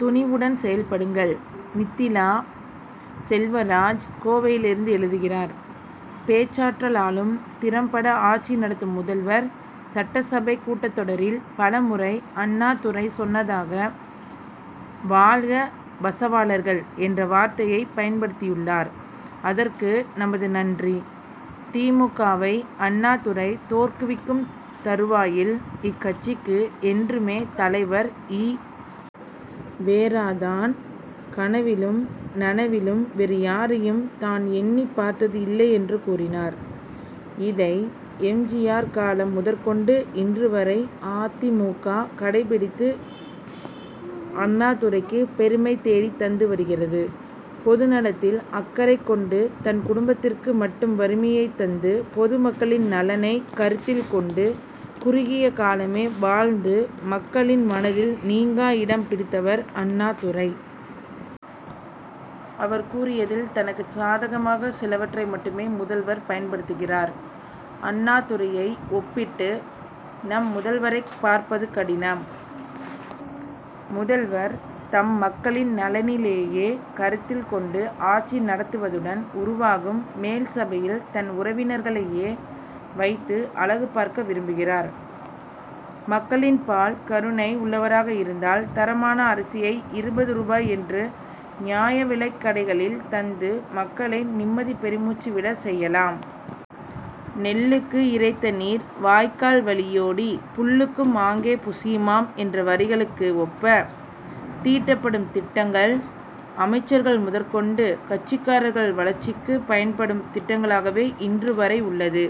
துணிவுடன் செயல்படுங்கள் நித்திலா செல்வராஜ் கோவையிலிருந்து எழுதுகிறார் பேச்சாற்றலாலும் தன் திறமையாலும் திறம்பட ஆட்சி நடத்தும் முதல்வர் சட்டசபை கூட்டத்தொடரில் பலமுறை அண்ணாதுரை சொன்னதாக வாழ்க வசவாளர்கள் என்ற வார்த்தையை பயன்படுத்தியுள்ளார் அதற்கு நமது நன்றி. தி. மு. க.வை அண்ணாதுரை தோற்றுவிக்கும் தறுவாயில் இக்கட்சிக்கு என்றுமே தலைவர் ஈ. வெ. ரா. தான் கனவிலும் நனவிலும் வேறு யாரையும் தான் எண்ணி பார்த்தது இல்லை என்று கூறினார். இதை எம். ஜி. ஆர். காலம் முதற்கொண்டு இன்று வரை அ. தி. மு. க. கடைபிடித்து அண்ணாதுரைக்கு பெருமை தேடி தந்து வருகிறது. பொதுநலத்தில் அக்கறை கொண்டு தன் குடும்பத்திற்கு மட்டும் வறுமையை தந்து பொதுமக்களின் நலனை கருத்தில் கொண்டு குறுகிய காலமே வாழ்ந்து மக்களின் மனதில் நீங்கா இடம் பிடித்தவர் அண்ணாதுரை. அவர் கூறியதில் தனக்கு சாதகமாக சிலவற்றை மட்டுமே முதல்வர் பயன்படுத்துகிறார். அண்ணாதுரையை ஒப்பிட்டு நம் முதல்வரை பார்ப்பது கடினம். முதல்வர் தம் மக்களின் நலனிலேயே கருத்தில் கொண்டு ஆட்சி நடத்துவதுடன் உருவாகும் மேல்சபையில் தன் உறவினர்களையே வைத்து அழகு பார்க்க விரும்புகிறார். மக்களின் பால் கருணை உள்ளவராக இருந்தால் தரமான அரிசியை இருபது ரூபாய் என்று நியாய விலைக் கடைகளில் தந்து மக்களை நிம்மதி பெருமூச்சு விட செய்யலாம். நெல்லுக்கு இரைத்த நீர் வாய்க்கால் வழியோடி புல்லுக்கும் ஆங்கே புசியுமாம் என்ற வரிகளுக்கு ஒப்ப தீட்டப்படும் திட்டங்கள் அமைச்சர்கள் முதற்கொண்டு கட்சிக்காரர்கள் வளர்ச்சிக்கு பயன்படும் திட்டங்களாகவே இன்று வரை உள்ளது.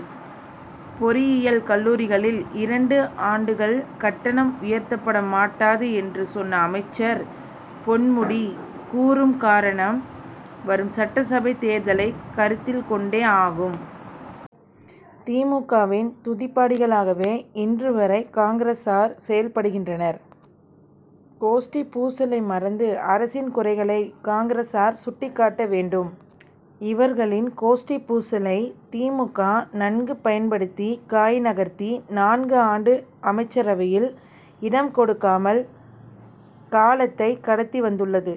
பொறியியல் கல்லூரிகளில் இரண்டு ஆண்டுகள் கட்டணம் உயர்த்தப்பட மாட்டாது என்று சொன்ன அமைச்சர் பொன்முடி கூறும் காரணம் வரும் சட்டசபை தேர்தலை கருத்தில் கொண்டே ஆகும். தி. மு. க.வின் துதிபாடிகளாகவே இன்று வரை காங்கிரசார் செயல்படுகின்றனர். கோஷ்டிப் பூசலை மறந்து அரசின் குறைகளை காங்கிரசார் சுட்டிக்காட்ட வேண்டும். இவர்களின் கோஷ்டிப் பூசலை தி. மு. க. நன்கு பயன்படுத்தி காய் நகர்த்தி நான்கு ஆண்டு அமைச்சரவையில் இடம் கொடுக்காமல் காலத்தை கடத்தி வந்துள்ளது.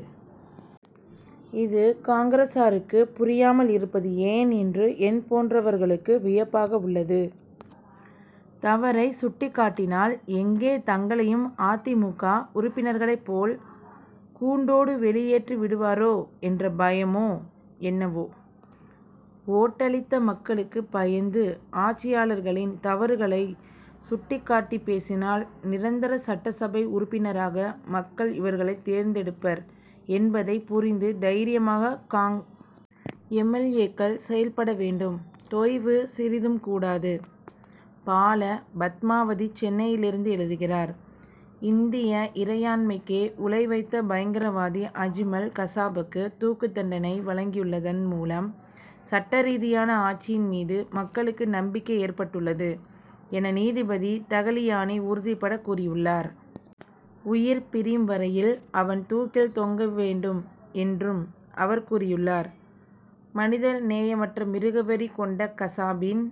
இது காங்கிரசாருக்கு புரியாமல் இருப்பது ஏன் என்று என்போன்றவர்களுக்கு வியப்பாக உள்ளது. தவறை சுட்டிக் காட்டினால் எங்கே தங்களையும் அ. தி. மு. க. உறுப்பினர்களை போல் கூண்டோடு வெளியேற்றி விடுவரோ என்ற பயமோ என்னவோ. ஓட்டளித்த மக்களுக்கு பயந்து ஆட்சியாளர்களின் தவறுகளை சுட்டிக்காட்டி பேசினால் நிரந்தர சட்டசபை உறுப்பினராக மக்கள் இவர்களை தேர்ந்தெடுப்பர் என்பதை புரிந்து தைரியமாக காங். எம். எல். ஏ.க்கள் செயல்பட வேண்டும். தொய்வு சிறிதும் கூடாது பால. பத்மாவதி சென்னையிலிருந்து எழுதுகிறார் இந்திய இறையாண்மைக்கே உலை வைத்த பயங்கரவாதி அஜ்மல் கசாபுக்கு தூக்குதண்டனை வழங்கியுள்ளதன் மூலம் சட்டரீதியான ஆட்சியின் மீது மக்களுக்கு நம்பிக்கை ஏற்பட்டுள்ளது என நீதிபதி தகிலியானி உறுதிபடக் கூறியுள்ளார். உயிர் பிரியும் வரையில் அவன் தூக்கில் தொங்க வேண்டும் என்றும் அவர் கூறியுள்ளார். மனித நேயமற்ற மிருகவெறி கொண்ட கசாபின்